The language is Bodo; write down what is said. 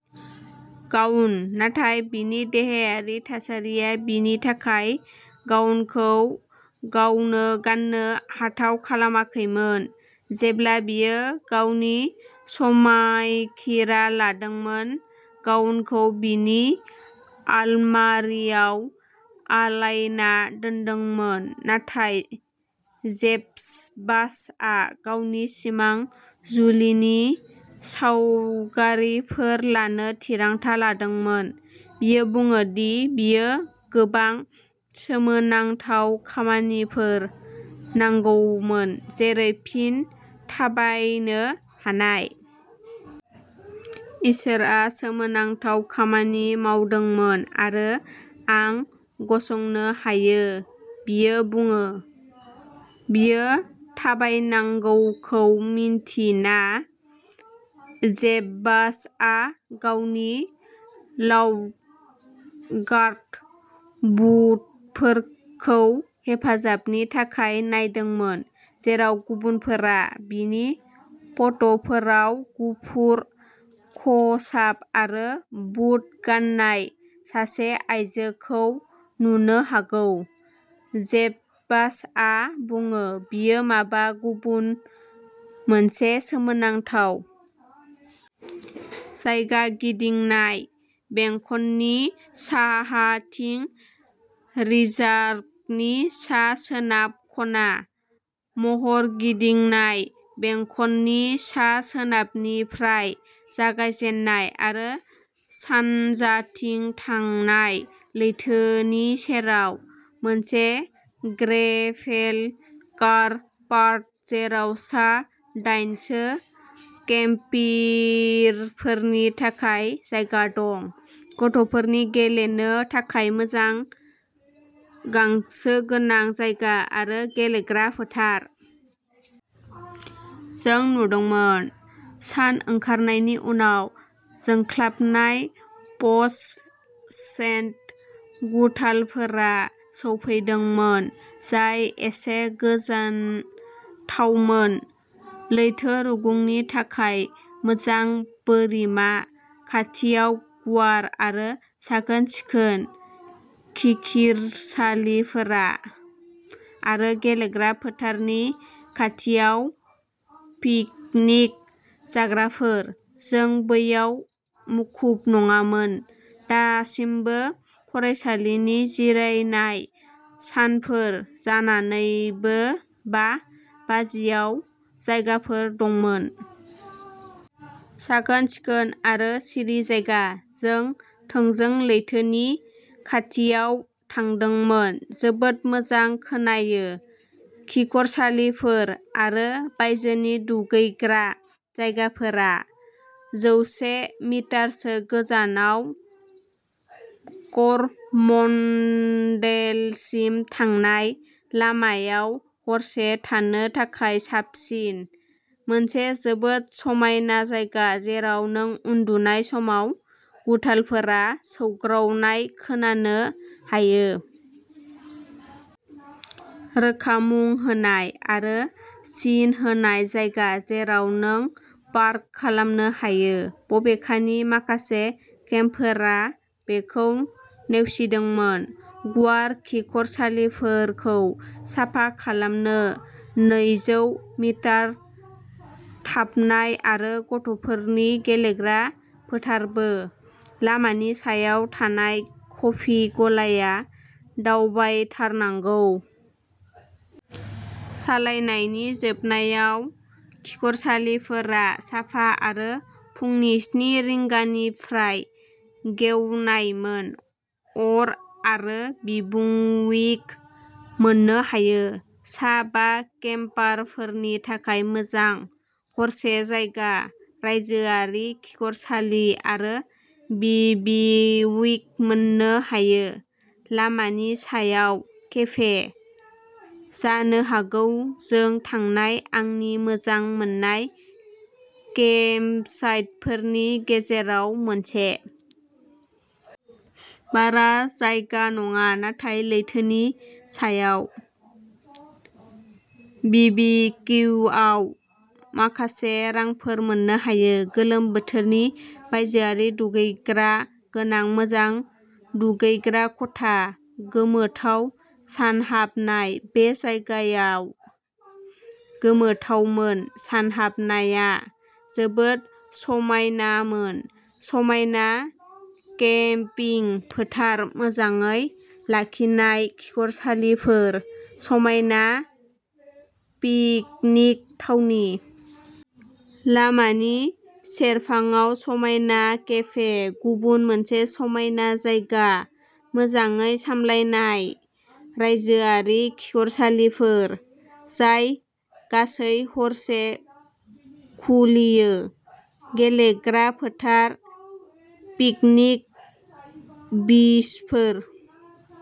गाउन, नाथाय बिनि देहायारि थासारिया बिनि थाखाय गाउनखौ गावनो गाननो हाथाव खालामाखैमोन। जेब्ला बियो गावनि समायखिरा लादोंमोन, गाउनखौ बिनि आलमारिआव आलायना दोनदोंमोन। नाथाय जेकबासआ गावनि सिमांनि जुलिनि सावगारिफोर लानो थिरांथा लादोंमोन। बियो बुङो दि बिनो गोबां सोमोनांथाव खामानिफोर नांगौमोन जेरै फिन थाबायनो हानाय। इसोरआ सोमोनांथाव खामानि मावदोंमोन आरो आं गसंनो हायो बियो बुङो। बियो थाबायनांगौखौ मिन्थिना, जेकबासआ गावनि काउगार्ल बुटफोरखौ हेफाजाबनि थाखाय नायदोंमोन। जेराव गुबुनफोरा बिनि फट'फोराव गुफुर खसाब आरो बुट गाननाय सासे आयजोखौ नुनो हागौ, जेकबासआ बुङो बियो माबा गुबुन मोनसे सोमोनांथाव। जायगा-गिदिंनाय बेंखननि साहाथिं रिजार्भनि सा-सोनाब खना। महर-गिदिंनाय बेंखननि सा-सोनाबनिफ्राय जागायजेननाय आरो सानजाथिं थांनाय। लैथोनि सेराव मोनसे ग्रेभेल कार पार्क, जेराव सा-दाइनसो केम्पारफोरनि थाखाय जायगा दं। गथ'फोरनि गेलेनो थाखाय मोजां गांसो गोनां जायगा आरो गेलेग्रा फोथार। जों नुदोंमोन। सान ओंखारनायनि उनाव जोंख्लाबनाय फस्फरसेन्ट गुथालफोरा सौफैदोंमोन, जाय एसे गोजोनथावमोन लैथो रुगुंनि थाखाय मोजां बोरिमा, खाथियाव गुवार आरो साखोन-सिखोन खिखिरसालिफोरा, आरो गेलेग्रा फोथारनि खाथियाव पिकनिकनि जाग्राफोर। जों बैयाव मुखुब नङामोन, दासिमबो फरायसालिनि जिरायनाय सानफोर जानानैबो बा बाजियाव जायगाफोर दंमोन। साखोन-सिखोन आरो सिरि जायगा, जों थोंजों लैथोनि खाथियाव थांदोंमोन, जोबोद मोजां खोनायो! खिखरसालिफोर आरो बायजोनि दुगैग्रा जायगाफोरा जौसे मिटारसो गोजानाव, कर'मण्डेलसिम थांनाय लामायाव हरसे थानो थाखाय साबसिन। मोनसे जोबोद समायना जायगा जेराव नों उन्दुनाय समाव गुथालफोरा सौग्रावनाय खोनानो हायो। रोखा मुं होनाय आरो सिन होनाय जायगा जेराव नों पार्क खालामनो हायो, बबेखानि माखासे केम्पारफोरा बेखौ नेवसिदोंमोन। गुवार खिखरसालिफोरखौ साफा खालामनो नैजौ मिटार थाबनाय आरो गथ'फोरनि गेलेग्रा फोथारबो। लामानि सायाव थानाय कफि गलाया दावबायथारनांगौ। सालायनायनि जोबनायाव खिखरसालिफोरा साफा आरो फुंनि स्नि रिंगानिफ्राय गेवनायमोन। अर आरो बिबुंविक मोननो हायो। सा बा केम्पारफोरनि थाखाय मोजां हरसे जायगा। रायजोआरि खिखरसालि आरो बिबिविकमोननो हायो। लामानि सायाव केफे। जानो हागौ जों थांनाय आंनि मोजां मोननाय केम्पसाइटफोरनि गेजेराव मोनसे। बारा जायगा नङा नाथाय लैथोनि सायाव! बिबिकियुआव माखासे रांफोर मोननो हायो। गोलोम बोथोरनि बायजोआरि दुगैग्रा गोनां मोजां दुगैग्रा खथा। गोमोथाव सानहाबनाय। बे जायगाया गोमोथावमोन, सानहाबनाया जोबोद समायनामोन। समायना केम्पिं फोथार, मोजाङै लाखिनाय खिखरसालिफोर समायना पिकनिक थावनि। लामानि सेरफाङाव समायना केफे। गुबुन मोनसे समायना जायगा। मोजाङै सामलायनाय रायजोआरि खिखरसालिफोर जाय गासै हरसे खुलियो, गेलेग्रा फोथार, पिकनिक बिचफोर।